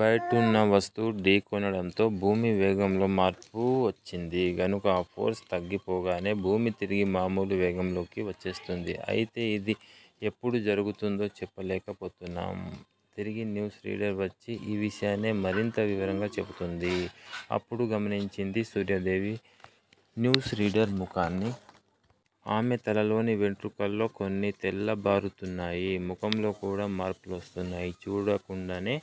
బయటున్న వస్తువు ఢీకొనడంతో భూమి వేగంలో మార్పు వచ్చింది. గనుక ఆ ఫోర్స్ తగ్గిపోగానే భూమి తిరిగి మామూలు వేగంలోకి వచ్చేస్తుంది. అయితే ఇది ఎప్పుడు జరుగుతుందో చెప్పలేకపోతున్నాం. తిరిగి న్యూస్ రీడర్ వచ్చి ఈ విషయాన్నే మరింత వివరంగా చెబుతోంది. అప్పుడు గమనించింది సూర్యాదేవి న్యూస్ రీడర్ ముఖాన్ని. ఆమె తలలోని వెంట్రుకల్లో కొన్ని తెల్లబారుతున్నాయి. ముఖంలో కూడా మార్పులొస్తున్నాయి. చూడ కుండనే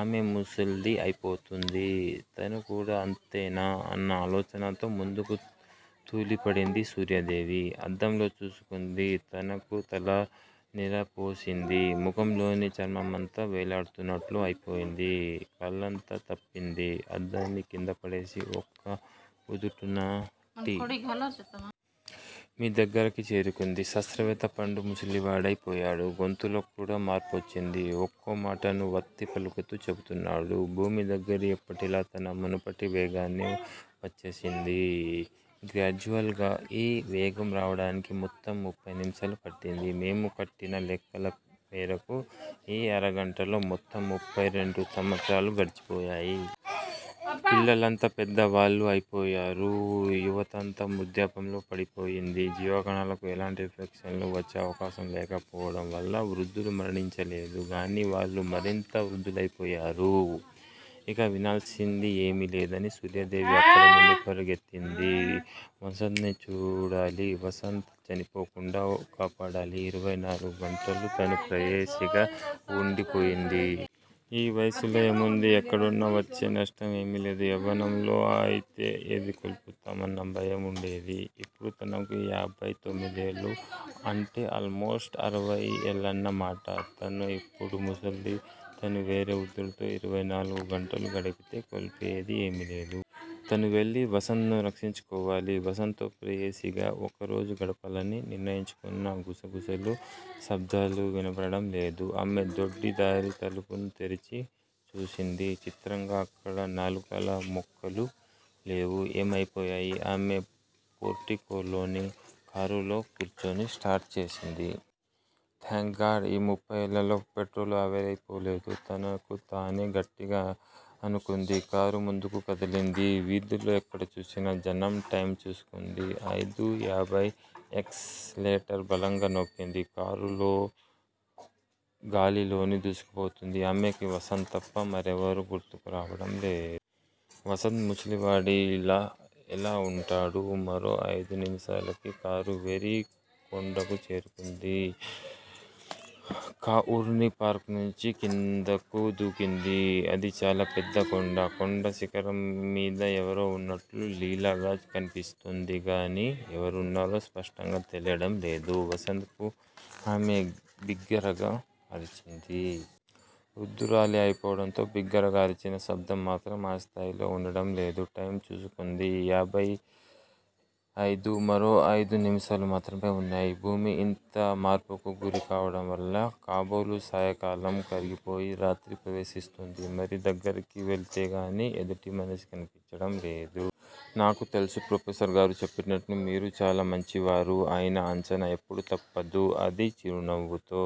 ఆమె ముసల్ది అయిపోతోంది. తను కూడా అంతేనా అన్న ఆలోచనతో ముందుకు తూలిపడింది సూర్యాదేవి. అద్దంలో చూసుకుంది. తనకూ తల నెరపోసింది. ముఖంలోని చర్మమంతా వేలాడుతున్నట్లు అయిపోయింది కళంతా తప్పింది. అద్దాన్ని కిందపడేసి ఒక్క ఉదుటున టీ. వీ. దగ్గరికి చేరుకుంది. శాస్త్రవేత్త పండు ముసలివాడై పోయాడు. గొంతులో కూడా మార్పొచ్చింది. ఒక్కో మాటను వత్తి పలుకుతూ చెబుతున్నాడు. భూమి దగ్గరి ఎప్పటిలా తన మునుపటి వేగానికి వచ్చేసింది. గ్రాడ్యువల్ గా ఈ వేగం రావడానికి మొత్తం ముఫ్ఫై నిముషాలు పట్టింది. మేము కట్టిన లెక్కల మేరకు ఈ అరగంటలో మొత్తం ముఫ్ఫై రెండు సంవత్సరాలు గడిచిపోయాయి. పిల్లలంతా పెద్దవాళ్ళు అయిపోయారు. యువతంతా వృద్దాప్యంలో పడిపోయింది. జీవకణాలకు ఎలాంటి ఇన్ఫెక్షన్లు వచ్చే అవకాశం లేకపోవడం వల్ల వృద్దులు మరణించలేదు గానీ వాళ్ళు మరింత వృద్దులైపోయారు. ఇక వినాల్సింది ఏమీలేదని సూర్యాదేవి అక్కడినుండి పరుగెత్తింది. వసంత్ ని చూడాలి. వసంత్ చనిపోకుండా కాపాడాలి. ఇరవై నాలుగు గంటలు తను ప్రేయసిగా వుండిపోయింది. ఈ వయసులో ఏముంది? ఎక్కడున్నా వచ్చే నష్టం ఏమీలేదు. యవ్వనంలో అయితే ఏది కోల్పోతామన్న భయం వుండేది. ఇప్పుడు తనకు యాభై తొమ్మిదేళ్ళు అంటే ఆల్ మోస్ట్ అరవై ఏళ్ళన్న మాట తను ఇప్పుడు ముసల్ది తను వేరే వృద్దుడితో ఇరవై నాలుగు గంటలు గడిపితే కోల్పోయేది ఏమీలేదు. తను వెళ్ళి వసంత్ ను రక్షించుకోవాలి. వసంత్ ప్రేయసిగా ఒకరోజు గడపాలని నిర్ణయించుకున్నా గుసగుసలు, శబ్దాలు వినపడడం లేదు. ఆమె దొడ్డి దారి తలుపును తెరిచి చూసింది. చిత్రంగా అక్కడ నాలుకల మొక్కలు లేవు. ఏమైపోయాయి? ఆమె పోర్టికోలోని కారులో కూర్చుని స్టార్ట్ చేసింది. థాంక్ గాడ్ ఈ ముఫ్ఫై ఏళ్ళలో పెట్రోలు ఆవిరైపోలేదు తనకు తానే గట్టిగా అనుకుంది. కారు ముందుకు కదిలింది. వీధుల్లో ఎక్కడ చూసినా జనం. టైమ్ చూసుకుంది. అయిదూ యాభై. ఎక్స్ లేటర్ బలంగా నొక్కింది. కారులో గాలిలోని దూసుకుపోతుంది. ఆమెకి వసంత్ తప్ప మరెవరూ గుర్తు రావడం లే. వసంత్ ముసలివాడిలా ఎలా వుంటాడు? మరో అయిదు నిముషాలకి కారు వేరీ కొండకు చేరుకుంది కాఉర్ని పార్క్ నుంచి కిందకు దూకింది. అది చాలా పెద్ద కొండ. కొండ శిఖరం మీద ఎవరో వున్నట్లు లీలగా కనిపిస్తుందిగానీ ఎవరున్నారో స్పష్టంగా తెలియడం లేదు. వసంత్కు ఆమె బిగ్గరగా అరిచింది. వృద్దురాలు అయిపోవడంతో బిగ్గరగా అరిచినా శబ్దం మాత్రం ఆ స్థాయిలో వుండడం లేదు. టైమ్ చూసుకుంది. యాభై అయిదు. మరో అయిదు నిముషాలు మాత్రమే వున్నాయి. భూమి ఇంత మార్పుకు గురి కావడం వల్ల కాబోలు సాయంకాలం కరిగిపోయి. రాత్రి ప్రవేశిస్తోంది. మరీ దగ్గరికి వెళితేగానీ ఎదుటిమనిషి కనిపించడంలేదు. 'నాకు తెలుసు ప్రొఫెసర్ గారు చెప్పినట్లు మీరు చాలా మంచివారు ఆయన అంచనా ఎప్పుడూ తప్పదు అది చిరునవ్వుతో.